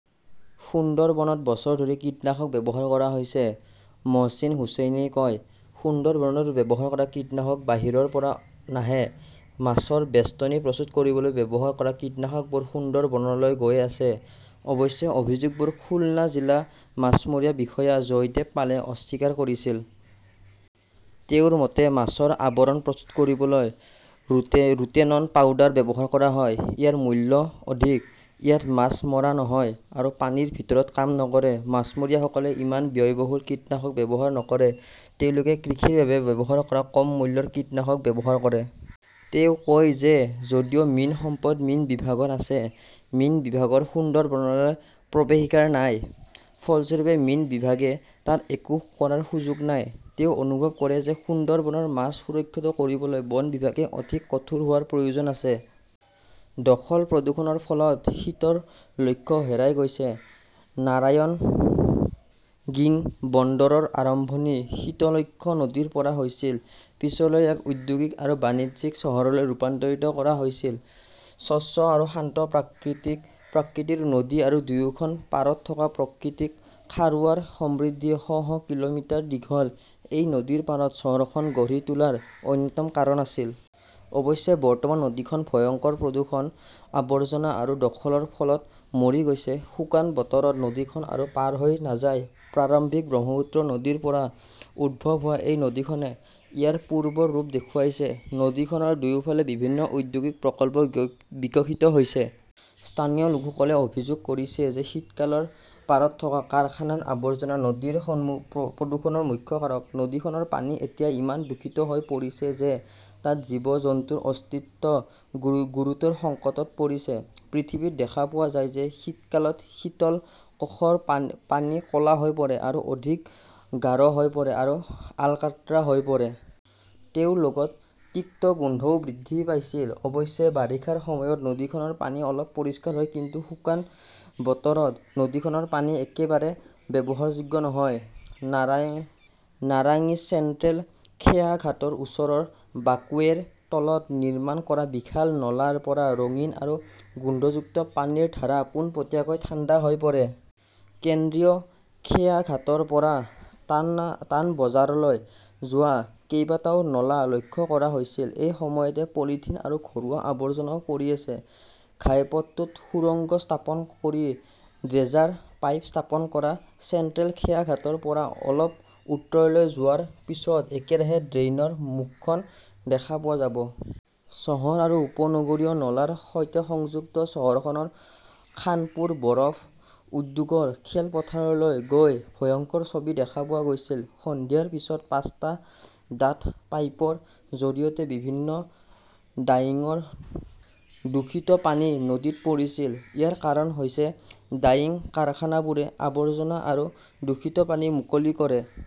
সুন্দৰবনত বছৰ ধৰি কীটনাশক ব্যৱহাৰ কৰা হৈছে, মহচিন হুচেইনে কয়। সুন্দৰবনত ব্যৱহাৰ কৰা কীটনাশক বাহিৰৰ পৰা নাহে। মাছৰ বেষ্টনী প্ৰস্তুত কৰিবলৈ ব্যৱহাৰ কৰা কীটনাশকবোৰ সুন্দৰবনলৈ গৈ আছে। অৱশ্যে অভিযোগবোৰ খুলনা জিলা মাছমৰীয়া বিষয়া জয়দেব পালে অস্বীকাৰ কৰিছিল। তেওঁৰ মতে, মাছৰ আৱৰণ প্ৰস্তুত কৰিবলৈ ৰোটেনন পাউডাৰ ব্যৱহাৰ কৰা হয়। ইয়াৰ মূল্য অধিক। ইয়াত মাছ মৰা নহয় আৰু পানীৰ ভিতৰত কাম নকৰে। মাছমৰীয়াসকলে ইমান ব্যয়বহুল কীটনাশক ব্যৱহাৰ নকৰে। তেওঁলোকে কৃষিৰ বাবে ব্যৱহাৰ কৰা কম মূল্যৰ কীটনাশক ব্যৱহাৰ কৰে। তেওঁ কয় যে যদিও মীন সম্পদ মীন বিভাগৰ আছে, মীন বিভাগৰ সুন্দৰবনলৈ প্ৰৱেশধিকাৰ নাই। ফলস্বৰূপে, মীন বিভাগে তাত একো কৰাৰ সুযোগ নাই, তেওঁ অনুভৱ কৰে যে সুন্দৰবনৰ মাছ সুৰক্ষিত কৰিবলৈ বন বিভাগে অধিক কঠোৰ হোৱাৰ প্ৰয়োজন আছে। দখল-প্ৰদূষণৰ ফলত শীতৰ লক্ষ্য হেৰাই গৈছে। নাৰায়ণগিং বন্দৰৰ আৰম্ভণি শীতলক্ষ্য নদীৰ পৰা হৈছিল। পিছলৈ ইয়াক ঔদ্যোগিক আৰু বাণিজ্যিক চহৰলৈ ৰূপান্তৰিত কৰা হৈছিল। স্বচ্ছ আৰু শান্ত প্ৰকৃতিৰ নদী আৰু দুয়োখন পাৰত থকা প্ৰাকৃতিক খাৰুৱাৰ সমৃদ্ধি শ- শ কিলোমিটাৰ দীঘল, এই নদীৰ পাৰত চহৰখন গঢ়ি তোলাৰ অন্যতম কাৰণ আছিল। অৱশ্যে বৰ্তমান নদীখন ভয়ংকৰ প্ৰদূষণ, আৱৰ্জনা আৰু দখলৰ ফলত মৰি গৈছে। শুকান বতৰত নদীখন আৰু পাৰ হৈ নাযায়। প্ৰাৰম্ভিক ব্ৰহ্মপুত্ৰ নদীৰ পৰা উদ্ভৱ হোৱা এই নদীখনে ইয়াৰ পূৰ্বৰ ৰূপ হেৰুৱাইছে। নদীখনৰ দুয়োফালে বিভিন্ন ঔদ্যোগিক প্ৰকল্প বিকশিত হৈছে। স্থানীয় লোকসকলে অভিযোগ কৰিছে যে শীতলকৰ পাৰত থকা কাৰখানাৰ আৱৰ্জনা নদীৰ প্ৰদূষণৰ মুখ্য কাৰক। নদীখনৰ পানী এতিয়া ইমান দূষিত হৈ পৰিছে যে তাত জীৱ-জন্তুৰ অস্তিত্ব গুৰুতৰ সংকটত পৰিছে। পৃথিৱীত দেখা পোৱা যায় যে শীতকালত শীতলকশৰ পানী ক 'লা হৈ পৰে আৰু অধিক গাঢ় হৈ পৰে আৰু আলকাট্ৰা হৈ পৰে। তেওঁৰ লগত তিক্ত গোন্ধও বৃদ্ধি পাইছিল। অৱশ্যে, বাৰিষাৰ সময়ত নদীখনৰ পানী অলপ পৰিষ্কাৰ হয়, কিন্তু শুকান বতৰত নদীখনৰ পানী একেবাৰে ব্যৱহাৰযোগ্য নহয়। নাৰাংইজ চেণ্ট্ৰেল খেয়াঘাটৰ ওচৰৰ ৱাকৱেৰ তলত নিৰ্মাণ কৰা বিশাল নলাৰ পৰা ৰঙীন আৰু গোন্ধযুক্ত পানীৰ ধাৰা পোনপটীয়াকৈ ঠাণ্ডা হৈ পৰে। কেন্দ্ৰীয় খেয়াঘাটৰ পৰা তানবাজাৰলৈ যোৱা কেইবাটাও নলা লক্ষ্য কৰা হৈছিল, একে সময়তে পলিথিন আৰু ঘৰুৱা আৱৰ্জনাও পৰি আছে। ঘাইপথটোত সুৰঙ্গ স্থাপন কৰি ড্ৰেজাৰ পাইপ স্থাপন কৰা চেণ্ট্ৰেল খেয়াঘাটৰ পৰা অলপ উত্তৰলৈ যোৱাৰ পিছত একেৰাহে ড্ৰেইনৰ মুখখন দেখা পোৱা যাব। চহৰ আৰু উপনগৰীয় নলাৰ সৈতে সংযুক্ত। চহৰখনৰ খানপুৰ বৰফ উদ্যোগৰ খেলপথাৰলৈ গৈ ভয়ংকৰ ছবি দেখা পোৱা গৈছিল। সন্ধিয়াৰ পিছত পাঁচটা ডাঠ পাইপৰ জৰিয়তে বিভিন্ন ডাইঙৰ দূষিত পানী নদীত পৰিছিল। ইয়াৰ কাৰণ হৈছে ডাইং কাৰখানাবোৰে আৱৰ্জনা আৰু দূষিত পানী মুকলি কৰে।